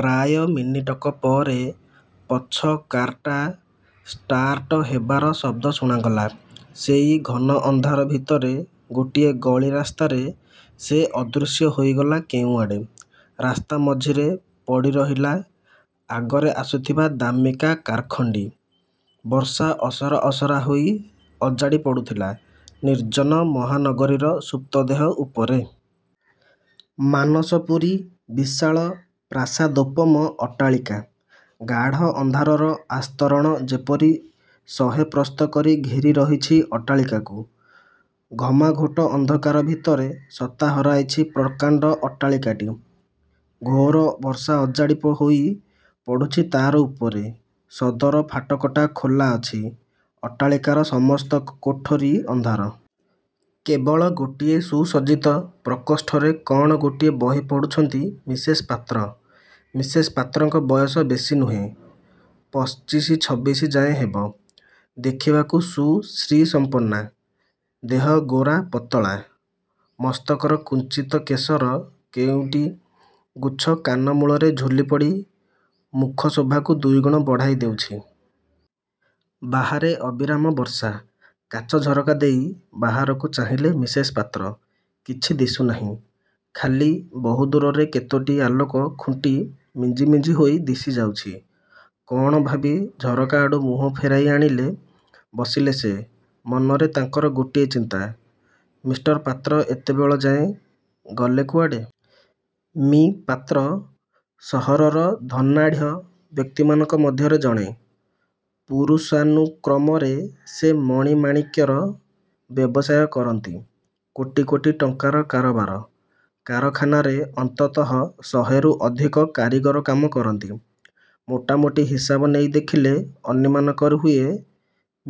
ପ୍ରାୟ ମିନିଟକ ପରେ ପଛ କାର୍ଟା ଷ୍ଟାର୍ଟ ହେବାର ଶବ୍ଦ ଶୁଣାଗଲା। ସେଇ ଘନ ଅନ୍ଧାର ଭିତରେ ଗୋଟିଏ ଗଳି ରାସ୍ତାରେ ସେ ଅଦୃଶ୍ୟ ହୋଇଗଲା କେଉଁଆଡ଼େ। ରାସ୍ତାମଝିରେ ପଡ଼ିରହିଲା ଆଗରେ ଆସୁଥିବା ଦାମୀକା କାର୍ଖଣ୍ଡି। ବର୍ଷା ଅସରା ଅସରା ହୋଇ ଅଜାଡ଼ି ପଡ଼ୁଥିଲା, ନିର୍ଜନ ମହାନଗରୀର ସୁପ୍ତ ଦେହ ଉପରେ। ମାନସପୁରୀ ବିଶାଳ ପ୍ରାସାଦୋପମ ଅଟ୍ଟାଳିକା। ଗାଢ଼ ଅନ୍ଧାରର ଆସ୍ତରଣ ଯେପରି ଶହେ ପ୍ରସ୍ତ କରି ଘେରି ରହିଛି ଅଟ୍ଟାଳିକାକୁ। ଘମାଘୋଟ ଅନ୍ଧକାର ଭିତରେ ସତ୍ତା ହରାଇଛି ପ୍ରକାଣ୍ଡ ଅଟ୍ଟାଳିକାଟି। ଘୋର ବର୍ଷା ଅଜାଡ଼ି ହୋଇ ପଡ଼ୁଛି ତା'ର ଉପରେ। ସଦର ଫାଟକଟା ଖୋଲା ଅଛି-। ଅଟ୍ଟାଳିକାର ସମସ୍ତ କୋଠରୀ ଅନ୍ଧାର। କେବଳ ଗୋଟିଏ ସୁସଜ୍ଜିତ ପ୍ରକୋଷ୍ଠରେ କ'ଣ ଗୋଟିଏ ବହି ପଢ଼ୁଛନ୍ତି ମିସେସ୍ ପାତ୍ର। ମିସେସ୍ ପାତ୍ରଙ୍କ ବୟସ ବେଶୀ ନୁହେଁ। ପଚିଶି, ଛବିଶି ଯାଏ ହେବ। ଦେଖିବାକୁ ସୁ-ଶ୍ରୀସମ୍ପନ୍ନା। ଦେହ, ଗୋରା, ପାତଳା। ମସ୍ତକର କୁଞ୍ଚିତ କେଶର କେଇଟି ଗୁଚ୍ଛ କାନ ମୂଳରେ ଝୁଲିପଡ଼ି ମୁଖ ଶୋଭାକୁ ଦୁଇଗୁଣ ବଢ଼ାଇ ଦେଉଛି। ବାହାରେ ଅବିରାମ ବର୍ଷା। କାଚ ଝରକା ଦେଇ ବାହାରକୁ ଚାହିଁଲେ ମିସେସ୍ ପାତ୍ର। କିଛି ଦିଶୁନାହିଁ; ଖାଲି ବହୁଦୂରରେ କେତୋଟି ଆଲୋକ ଖୁଣ୍ଟି ମିଞ୍ଜି ମିଞ୍ଜି ହୋଇ ଦିଶି ଯାଉଛି। କ'ଣ ଭାବି ଝରକା ଆଡ଼ୁ ମୁହଁ ଫେରାଇ ଆଣି ବସିଲେ ସେ। ମନରେ ତାଙ୍କର ଗୋଟିଏ ଚିନ୍ତା-''ମିଷ୍ଟର ପାତ୍ର ଏତେବେଳ ଯାଏ ଗଲେ କୁଆଡ଼େ? '' ମି: ପାତ୍ର ସହରର ଧନାଢ଼୍ୟ ବ୍ୟକ୍ତିମାନଙ୍କ ମଧ୍ୟରେ ଜଣେ। ପୁରୁଷାନୁକ୍ରମରେ ସେ ମଣିମାଣିକ୍ୟର ବ୍ୟବସାୟ କରନ୍ତି। କୋଟି କୋଟି ଟଙ୍କାର କାରବାର। କାରଖାନାରେ ଅନ୍ତତଃ ଶହେରୁ ଅଧିକ କାରୀଗର କାମ କରନ୍ତି। ମୋଟା ମୋଟି ହିସାବ ନେଇ ଦେଖିଲେ ଅନୁମାନ କରିହୁଏ,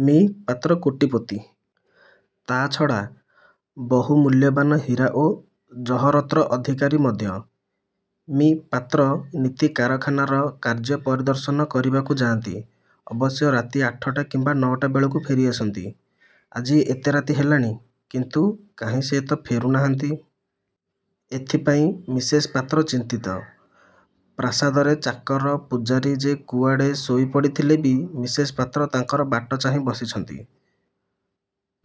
ମି: ପାତ୍ର କୋଟିପତି। ତା'ଛଡ଼ା ବହୁ ମୂଲ୍ୟବାନ ହୀରା ଓ ଜହରତ୍ର ଅଧିକାରୀ ମଧ୍ୟ। ମି: ପାତ୍ର ନିତି କାରଖାନାର କାର୍ଯ୍ୟ ପରିଦର୍ଶନ କରିବାକୁ ଯାଆନ୍ତି। ଅବଶ୍ୟ ରାତି ଆଠଟା କିମ୍ବା ନଅଟା ବେଳକୁ ଫେରି ଆସନ୍ତି। ଆଜି ଏତେ ରାତି ହେଲାଣି, କିନ୍ତୁ କାହିଁ ସେ ତ ଫେରୁ ନାହାନ୍ତି? ଏଥିପାଇଁ ମିସେସ୍ ପାତ୍ର ଚିନ୍ତିତା। ପ୍ରାସାଦରେ ଚାକର ପୁଝାରୀ ଯେ ଯୁଆଡ଼େ ଶୋଇ ପଡ଼ିଥିଲେ ବି ମିସେସ୍ ପାତ୍ର ତାଙ୍କର ବାଟ ଚାହିଁ ବସିଛନ୍ତି।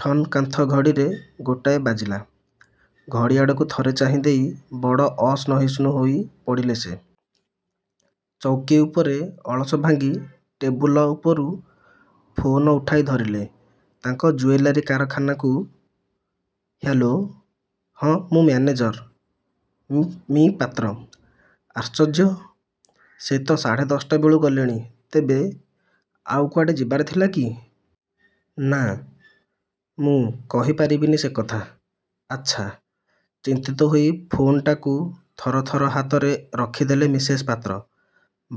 ''ଠନ୍ କାନ୍ଥ ଘଡ଼ିରେ ଗୋଟାଏ ବାଜିଲା। ଘଡ଼ି ଆଡ଼କୁ ଥରେ ଚାହିଁ ଦେଇ ବଡ଼ ଅସହିଷ୍ଣୁ ହୋଇ ପଡ଼ିଲେ ସେ। ଚୌକୀ ଉପରେ ଅଳସ ଭାଙ୍ଗି ଟେବୁଲ ଉପରୁ ଫୋନ୍ ଉଠାଇ ଧରିଲେ, ତାଙ୍କ ଜୁଏଲାରୀ କାରଖାନାକୁ-''ହ୍ୟାଲୋ! '''' ହଁ, ମୁଁ ମ୍ୟାନେଜର। '''' ମି: ପାତ୍ର! '' ''ଆଶ୍ଚର୍ଯ୍ୟ! ସେ ତ ସାଢ଼େ ଦଶଟା ବେଳୁ ଗଲେଣି। '' ''ତେବେ? ଆଉ କୁଆଡ଼େ ଯିବାର ଥିଲା କି? '' 'ନା, ମୁଁ। କହି ପାରିବିନି ସେକଥା। '' ''ଆଚ୍ଛା! '' ଚିନ୍ତିତ ହୋଇ ଫୋନ୍ଟାକୁ ଥର ଥର ହାତରେ ରଖି ଦେଲେ ମିସେସ୍ ପାତ୍ର।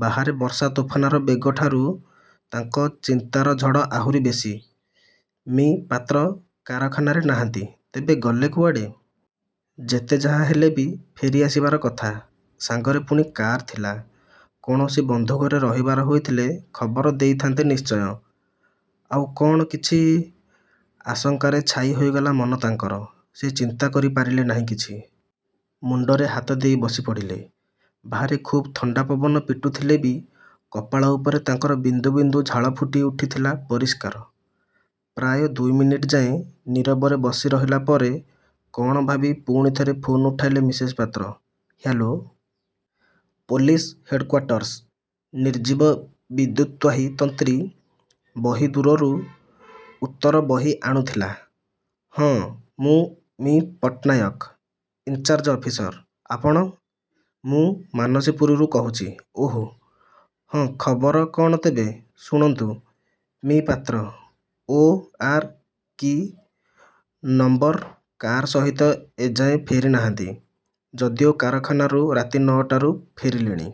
ବାହାରେ ବର୍ଷା ତୋଫାନର ବେଗଠାରୁ ତାଙ୍କ ଚିନ୍ତାର ଝଡ଼ ଆହୁରି ବେଶୀ। ''ମି: ପାତ୍ର କାରଖାନାରେ ନାହାନ୍ତି? ତେବେ ଗଲେ କୁଆଡ଼େ? ଯେତେ ଯାହା ହେଲେ ବି ଫେରି ଆସିବାର କଥା। ସାଙ୍ଗରେ ପୁଣି କାର୍ ଥିଲା! କୌଣସି ବନ୍ଧୁ ଘରେ ରହିବାର ହୋଇଥିଲେ ଖବର ଦେଇଥାନ୍ତେ ନିଶ୍ଚୟ। ଆଉ କ'ଣ କିଛି? ' ଆଶଙ୍କାରେ ଛାଇ ହୋଇଗଲା ମନ ତାଙ୍କର। ସେ ଚିନ୍ତା କରି ପାରିଲେ ନାହିଁ କିଛି। ମୁଣ୍ଡରେ ହାତ ଦେଇ ବସି ପଡ଼ିଲେ। ବାହାରେ ଖୁବ୍ ଥଣ୍ଡା ପବନ ପିଟୁଥିଲେ ବି କପାଳ ଉପରେ ତାଙ୍କର ବିନ୍ଦୁ ବିନ୍ଦୁ ଝାଳ ଫୁଟି ଉଠିଥିଲା ପରିଷ୍କାର। ପ୍ରାୟ ଦୁଇମିନିଟ୍ ଯାଏ ନୀରବରେ ବସି ରହିଲା ପରେ କ'ଣ ଭାବି ପୁଣି ଥରେ ଫୋନ ଉଠାଇଲେ Mrs Patra '' hello. Police headquarters '' ନିର୍ଜୀବ ବିଦ୍ୟୁତ୍ବାହୀ ତନ୍ତ୍ରୀ ବହୁଦୂରରୁ ଉତ୍ତର ବହି ଆଣୁଥିଲା। ''ହଁ, ମୁଁ, ମି: ପଟ୍ଟନାୟକ; ଇନ୍ଚାର୍ଯ ଅଫିସର। ଆପଣ? '' ''ମୁଁ ମାନସପୁରୀରୁ କହୁଛି '' ''ଓଃ, ହଁ, ଖବର କ'ଣ ତେବେ? '' ''ଶୁଣନ୍ତୁ ମି: Patra O: R: K: number car ସହିତ ସେ ଏଯାଏ ଫେରିନାହାନ୍ତି, ଯଦିଓ କାରଖାନାରୁ ରାତି ନଅଟାରୁ ଫେରିଲେଣି।